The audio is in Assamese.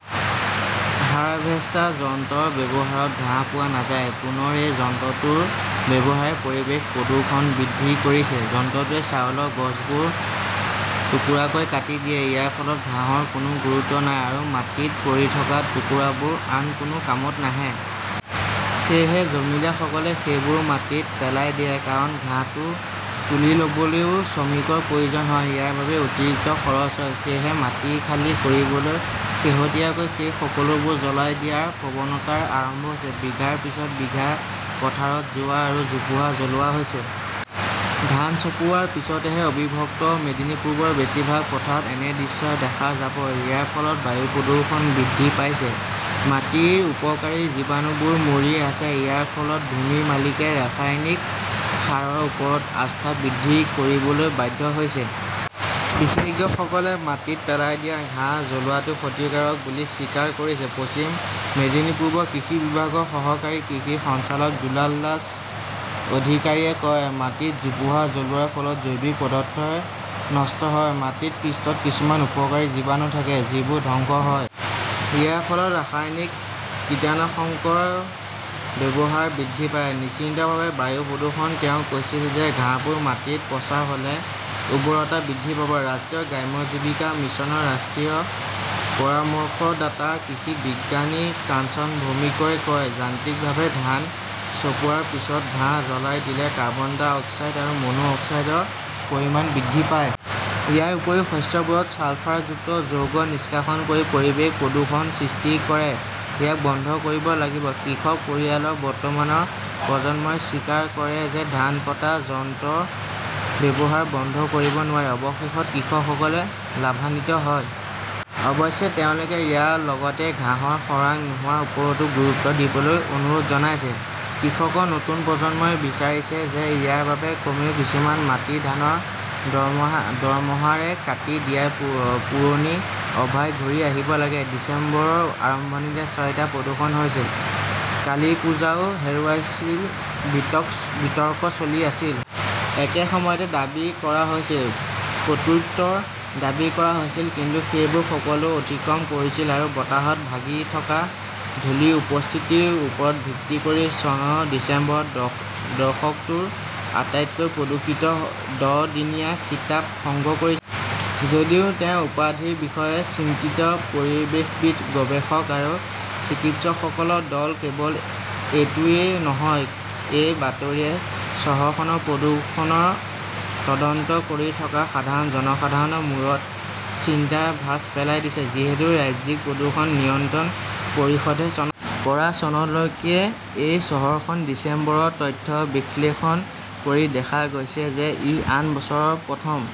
হাৰভেষ্টাৰ যন্ত্ৰৰ ব্যৱহাৰত ঘাঁহ পোৱা নাযায়। পুনৰ এই যন্ত্ৰটোৰ ব্যৱহাৰে পৰিৱেশ প্ৰদূষণ বৃদ্ধি কৰিছে। যন্ত্ৰটোৱে চাউলৰ গছবোৰ টুকুৰাকৈ কাটি দিয়ে। ইয়াৰ ফলত ঘাঁহৰ কোনো গুৰুত্ব নাই। আৰু মাটিত পৰি থকা টুকুৰাবোৰ আন কোনো কামত নাহে। সেয়েহে জমিদাৰসকলে সেইবোৰ মাটিত পেলাই দিয়ে। কাৰণ ঘাঁহটো তুলি ল "বলৈও শ্ৰমিকৰ প্ৰয়োজন হয়। ইয়াৰ বাবে অতিৰিক্ত খৰচ হয়। সেয়েহে মাটি খালী কৰিবলৈ শেহতীয়াকৈ সেই সকলোবোৰ জ্বলাই দিয়াৰ প্ৰৱণতা আৰম্ভ হৈছে। বিঘাৰ পিছত, বিঘা পথাৰত জোৱাৰ আৰু জোপোহা জ্বলোৱা হৈছে। ধান চপোৱাৰ পিছতহে অবিভক্ত মেদিনীপুৰৰ বেছিভাগ পথাৰত এনে দৃশ্য দেখা যাব। ইয়াৰ ফলত বায়ু প্ৰদূষণ বৃদ্ধি পাইছে। মাটিৰ উপকাৰী জীৱাণুবোৰ মৰি আছে। ইয়াৰ ফলত ভূমি মালিকে ৰাসায়নিক সাৰৰ ওপৰত আস্থা বৃদ্ধি কৰিবলৈ বাধ্য হৈছে। বিশেষজ্ঞসকলে মাটিত পেলাই দিয়া ঘাঁহ জ্বলোৱাটো ক্ষতিকাৰক বুলি স্বীকাৰ কৰিছে। পশ্চিম মেদিনীপুৰৰ কৃষি বিভাগৰ সহকাৰী কৃষি সঞ্চালক দুলাল দাস অধিকাৰীয়ে কয়, "মাটিত জোপোহা জ্বলোৱাৰ ফলত জৈৱিক পদাৰ্থ নষ্ট হয়। মাটিৰ পৃষ্ঠত কিছুমান উপকাৰী জীৱাণু থাকে যিবোৰ ধ্বংস হয়। ইয়াৰ ফলত ৰাসায়নিক কীটনাশকৰ ব্যৱহাৰ বৃদ্ধি পায়। নিশ্চিতভাৱে বায়ু প্ৰদূষণ। "তেওঁ কৈছিল যে ঘাঁহবোৰ মাটিত পচা হ" লে উৰ্বৰতা বৃদ্ধি পাব। ৰাষ্ট্ৰীয় গ্ৰাম্য জীৱিকা মিছনৰ ৰাষ্ট্ৰীয় পৰামৰ্শদাতা কৃষি বিজ্ঞানী কাঞ্চন ভৌমিকই কয়, "যান্ত্ৰিকভাৱে ধান চপোৱাৰ পিছত ঘাঁহ জ্বলাই দিলে কাৰ্বন ডাই আৰু মনো অক্সাইডৰ পৰিমাণ বৃদ্ধি পায়। ইয়াৰ উপৰিও শস্যবোৰত ছালফাৰযুক্ত যৌগ নিষ্কাশন কৰি পৰিৱেশ প্ৰদূষণৰ সৃষ্টি কৰে। ইয়াক বন্ধ কৰিব লাগিব। "কৃষক পৰিয়ালৰ বৰ্তমানৰ প্ৰজন্মই স্বীকাৰ কৰে যে ধান কটা যন্ত্ৰৰ ব্যৱহাৰ বন্ধ কৰিব নোৱাৰি। অৱশেষত কৃষকসকলে লাভান্বিত হয়। অৱশ্যে, তেওঁলোকে ইয়াৰ লগতে ঘাঁহৰ খৰাং নোহোৱাৰ ওপৰতো গুৰুত্ব দিবলৈ অনুৰোধ জনাইছে। কৃষকৰ নতুন প্ৰজন্মই বিচাৰিছে যে ইয়াৰ বাবে কমেও কিছুমান মাটি ধানৰ দৰমহাৰে কাটি দিয়াৰ পুৰণি অভ্যাস ঘূৰি আহিব লাগে। ডিচেম্বৰৰ আৰম্ভণিতে ছয়টা প্ৰদূষণ হৈছিল, কালিপ্পুজোও হেৰুৱাইছিল বিতৰ্ক চলি আছিল। একে সময়তে দাবী কৰা হৈছিল, প্ৰত্যুত্তৰ দাবী কৰা হৈছিল। কিন্তু সেইবোৰ সকলো অতিক্ৰম কৰিছিল আৰু বতাহত ভাহি থকা ধূলি ৰ উপস্থিতিৰ ওপৰত ভিত্তি কৰি চনৰ ডিচেম্বৰত দশকটোৰ আটাইতকৈ প্ৰদূষিত দহ দিনীয়া 'খিতাপ "সংগ্ৰহ কৰিছিল। যদিও তেওঁ 'উপাধি "ৰ বিষয়ে চিন্তিত পৰিৱেশবিদ-গৱেষক আৰু চিকিৎসকসকলৰ দল। কেৱল এইটোৱেই নহয়, এই বাতৰিয়ে চহৰখনৰ প্ৰদূষণৰ তদন্ত কৰি থকা সাধাৰণ জনসাধাৰণৰ মূৰত চিন্তাৰ ভাঁজ পেলাই দিছে। যিহেতু, ৰাজ্যিক প্ৰদূষণ নিয়ন্ত্ৰণ পৰিষদে চনৰ পৰা চনলৈকে এই চহৰখনৰ ডিচেম্বৰৰ তথ্য বিশ্লেষণ কৰি দেখা গৈছে যে ই আন বছৰৰ প্ৰথম